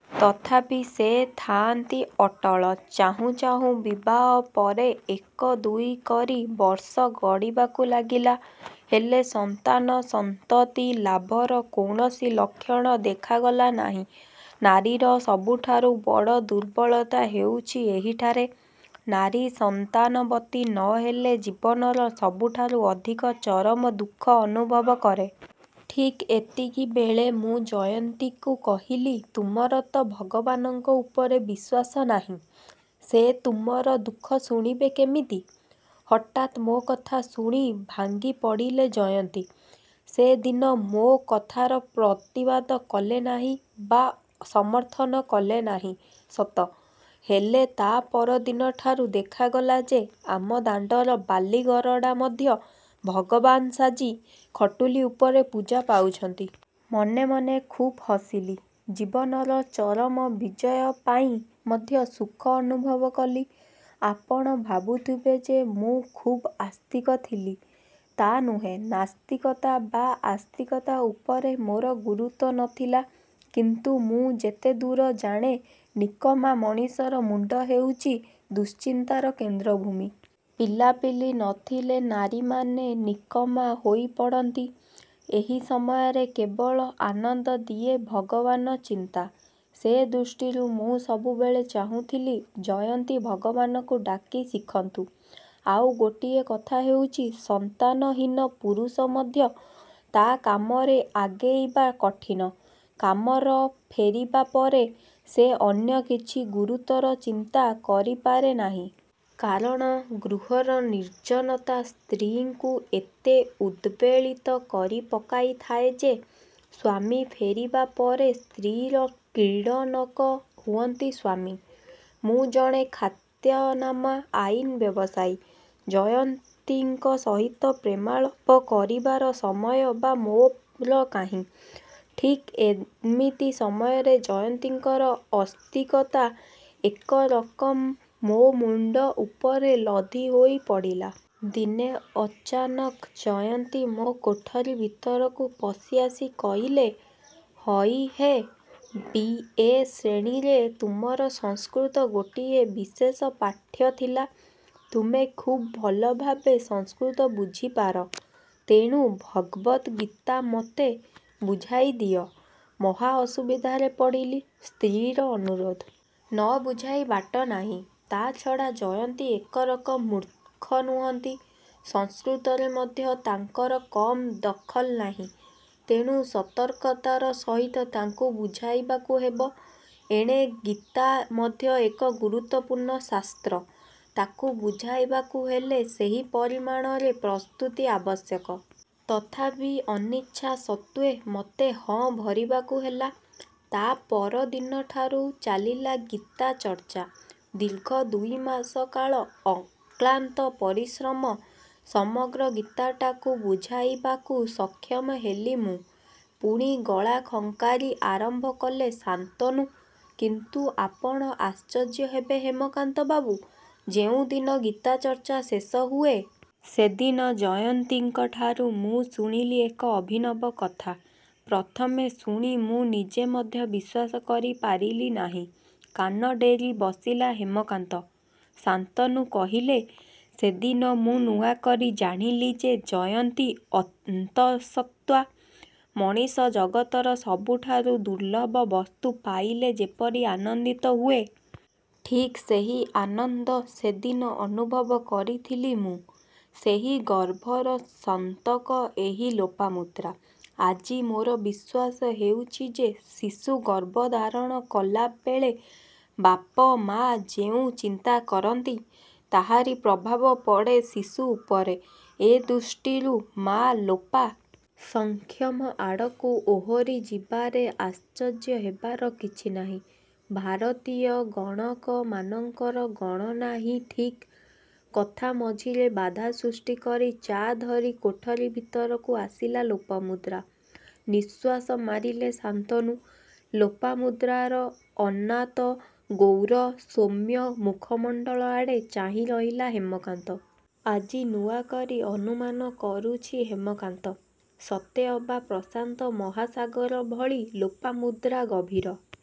ତଥାପି ସେ ଥାଆନ୍ତି ଅଟଳ। ଚାହୁଁ ଚାହୁଁ ବିବାହ ପରେ ଏକ ଦୁଇ କରି ବର୍ଷ ଗଡ଼ିବାକୁ ଲାଗିଲା। ହେଲେ ସନ୍ତାନ ସନ୍ତତି ଲାଭର କୌଣସି ଲକ୍ଷଣ ଦେଖାଗଲା ନାହିଁ। ନାରୀର ସବୁଠାରୁ ବଡ଼ ଦୁର୍ବଳତା ହେଉଛି ଏଇଠାରେ। ନାରୀ ସନ୍ତାନବତୀ ନ ହେଲେ ଜୀବନର ସବୁଠାରୁ ଅଧିକ ଚରମ ଦୁଃଖ ଅନୁଭବ କରେ। ଠିକ୍ ଏମିତି ବେଳେ ମୁଁ ଜୟନ୍ତୀଙ୍କୁ କହିଲି ତୁମର ତ' ଭଗବାନଙ୍କ ଉପରେ ବିଶ୍ୱାସ ନାହିଁ.. ସେ ତୁମର ଦୁଃଖ ଶୁଣିବେ କେମିତି? ହଠାତ୍ ମୋ କଥା ଶୁଣି ଭାଙ୍ଗି ପଡ଼ିଲେ ଜୟନ୍ତୀ। ସେ ଦିନ ମୋ କଥାର ପ୍ରତିବାଦ କଲେ ନାହିଁ ବା ସମର୍ଥନ କଲେ ନାହିଁ ସତ, ହେଲେ ତା' ପର ଦିନଠାରୁ ଦେଖାଗଲା ଯେ ଆମ ଦାଣ୍ଡର ବାଲିଗରଡ଼ା ମଧ୍ୟ ଭଗବାନ୍ ସାଜି ଖଟୁଲି ଉପରେ ପୂଜା ପାଉଛନ୍ତି। ମନେ ମନେ ଖୁବ୍ ହସିଲି। ଜୀବନର ଚରମ ବିଜୟ ପାଇଁ ମଧ୍ୟ ସୁଖ ଅନୁଭବ କଲି। ଆପଣ ଭାବୁଥିବେ ଯେ ମୁଁ ଖୁବ୍ ଆସ୍ତିକ ଥିଲି, ତା' ନୁହେଁ। ନାସ୍ତିକତା ବା ଆସ୍ତିକତା ଉପରେ ମୋର ଗୁରୁତ୍ୱ ନ ଥିଲା। କିନ୍ତୁ ମୁଁ ଯେତେ ଦୂର ଜାଣେ ନିକମା ମଣିଷର ମୁଣ୍ଡ ହେଉଛି ଦୁଶ୍ଚିନ୍ତାର କେନ୍ଦ୍ରଭୂମି। ପିଲାପିଲି ନ ଥିଲେ ନାରୀମାନେ ନିକମା ହୋଇ ପଡ଼ନ୍ତି। ଏପରି ସମୟରେ କେବଳ ଆନନ୍ଦ ଦିଏ ଭାଗବାନ ଚିନ୍ତା, ସେ ଦୃଷ୍ଟିରୁ ମୁଁ ସବୁବେଳେ ଚାହୁଁଥିଲି-ଜୟନ୍ତି ଭଗବାନଙ୍କୁ ଡାକି ଶିଖନ୍ତୁ। ଆଉ ଗୋଟିଏ କଥା ହେଉଛି-ସନ୍ତାନହୀନ ପୁରୁଷ ମଧ୍ୟ ତା' କାମରେ ଆଗେଇବା କଠିନ। କାମର ଫେରିବା ପରେ ସେ ଅନ୍ୟ କିଛି ଗୁରୁତର ଚିନ୍ତା କରିପାରେ ନାହିଁ। କାରଣ-ଗୃହର ନିର୍ଜନତା ସ୍ତ୍ରୀଙ୍କୁ ଏତେ ଉଦ୍ବେଳିତ କରି ପକାଇଥାଏ ଯେ-ସ୍ୱାମୀ ଫେରିବା ପରେ ସ୍ତ୍ରୀର କ୍ରୀଡ଼ନକ ହୁଅନ୍ତି ସ୍ୱାମୀ। ମୁଁ ଜଣେ ଖ୍ୟାତନାମା ଆଇନ୍ ବ୍ୟବସାୟୀ। ଜୟନ୍ତୀଙ୍କ ସହିତ ପ୍ରେମାଳାପ କରିବାର ସମୟ ବା ମୋର କାହିଁ। ଠିକ୍ ଏମିତି ସମୟରେ ଜୟନ୍ତୀଙ୍କର ଅସ୍ତିକତା ଏକରକମ୍ ମୋ ମୁଣ୍ଡ ଉପରେ ଲଦି ହୋଇ ପଡ଼ିଲା। ଦିନେ ଅଚାନକ ଜୟନ୍ତୀ ମୋ କୋଠରୀ ଭିତରକୁ ପଶି ଆସି କହିଲେ-ହଇ ହେ.. ବି.. ଏ.. ଶ୍ରେଣୀରେ ତୁମର ସଂସ୍କୃତ ଗୋଟିଏ ବିଶେଷ ପାଠ୍ୟ ଥିଲା। ତୁମେ ଖୁବ୍ ଭଲଭାବେ ସଂସ୍କୃତ ବୁଝିପାର। ତେଣୁ ଭଗବତ୍ଗୀତା ମୋତେ ବୁଝାଇ ଦିଅ। ମହା ଅସୁବିଧାରେ ପଡ଼ିଲି। ସ୍ତ୍ରୀର ଅନୁରୋଧ। ନ ବୁଝାଇ ବାଟ ନାହିଁ। ତା'ଛଡ଼ା ଜୟନ୍ତୀ ଏକରକମ ମୂର୍ଖ ନୁହନ୍ତି। ସଂସ୍କୃତରେ ମଧ୍ୟ ତାଙ୍କର କମ୍ ଦଖଲ ନାହିଁ। ତେଣୁ ସତର୍କତାର ସହିତ ତାଙ୍କୁ ବୁଝାଇବାକୁ ହେବ। ଏଣେ ଗୀତା ମଧ୍ୟ ଏକ ଗୁରୁତ୍ୱପୂର୍ଣ୍ଣ ଶାସ୍ତ୍ର। ତାକୁ ବୁଝାଇବାକୁ ହେଲେ ସେହି ପରିମାଣରେ ପ୍ରସ୍ତୁତି ଆବଶ୍ୟକ। ତଥାପି ଅନିଚ୍ଛା ସତ୍ୱେ ମୋତେ ହଁ ଭରିବାକୁ ହେଲା। ତା' ପର ଦିନଠାରୁ ଚାଲିଲା ଗୀତା ଚର୍ଚ୍ଚା। ଦୀର୍ଘ ଦୁଇ ମାସ କାଳ ଅକ୍ଲାନ୍ତ ପରିଶ୍ରମ ସମଗ୍ର ଗୀତାଟିକୁ ବୁଝାଇବାକୁ ସକ୍ଷମ ହେଲି ମୁଁ। ପୁଣି ଗଳା ଖଙ୍କାରି ଆରମ୍ଭ କଲେ ଶାନ୍ତନୁ କିନ୍ତୁ ଆପଣ ଆଶ୍ଚର୍ଯ୍ୟ ହେବେ ହେମକାନ୍ତ ବାବୁ, ଯେଉଁଦିନ ଗୀତା ଚର୍ଚ୍ଚା ଶେଷ ହୁଏ ସେଦିନ ଜୟନ୍ତୀଙ୍କଠାରୁ ମୁଁ ଶୁଣିଲି ଏକ ଅଭିନବ କଥା-। ପ୍ରଥମେ ଶୁଣି ମୁଁ ନିଜେ ମଧ୍ୟ ବିଶ୍ୱାସ କରି ପାରିଲି ନାହିଁ। କାନ ଡେରି ବସିଲା ହେମକାନ୍ତ ଶାନ୍ତୁନୁ କହିଲେ-ସେଦିନ ମୁଁ ନୂଆ କରି ଜାଣିଲି ଯେ ଜୟନ୍ତୀ ଅନ୍ତଃସତ୍ୱା। ମଣିଷ ଜଗତର ସବୁଠାରୁ ଦୁର୍ଲଭ୍ୟ ବସ୍ତୁ ପାଇଲେ ଯେପରି ଆନନ୍ଦିତ ହୁଏ ଠିକ୍ ସେହି ଆନନ୍ଦ ସେଦିନ ଅନୁଭବ କରିଥିଲି ମୁଁ। ସେହି ଗର୍ଭର ସନ୍ତକ ଏହି ଲୋପାମୁଦ୍ରା। ଆଜି ମୋର ବିଶ୍ୱାସ ହୋଇଛି ଯେ ଶିଶୁ ଗର୍ଭଧାରଣ କଲାବେଳେ ବାପ ମାଆ ଯେଉଁ ଚିନ୍ତା କରନ୍ତି-ତାହାରି ପ୍ରଭାବ ପଡ଼େ ଶିଶୁ ଉପରେ ଏ ଦୃଷ୍ଟିରୁ ମାଆ ଲୋପା ସଂଯମ ଆଡ଼କୁ ଓହୋରି ଯିବାରେ ଆଶ୍ଚର୍ଯ୍ୟ ହେବାର କିଛି ନାହିଁ। ଭାରତୀୟ ଗଣକମାନଙ୍କର ଗଣନା ହିଁ ଠିକ୍। କଥା ମଝିରେ ବାଧା ସୃଷ୍ଟି କରି ଚା' ଧରି କୋଠରୀ ଭିତରକୁ ଆସିଲା ଲୋପାମୁଦ୍ରା। ନିଃଶ୍ୱାସ ମାରିଲେ ଶାନ୍ତୁନୁ। ଲୋପାମୁଦ୍ରାର ଆନତ, ଗୌର, ସୌମ୍ୟ ମୁଖମଣ୍ଡଳ ଆଡ଼େ ଚାହିଁରହିଲା ହେମକାନ୍ତ। ଆଜି ନୂଆ କରି ଅନୁମାନ କରୁଛି ହେମକାନ୍ତ। ସତେ ଅବା ପ୍ରଶାନ୍ତ ମହାସାଗର ଭଳି ଲୋପାମୁଦ୍ରା ଗଭୀର।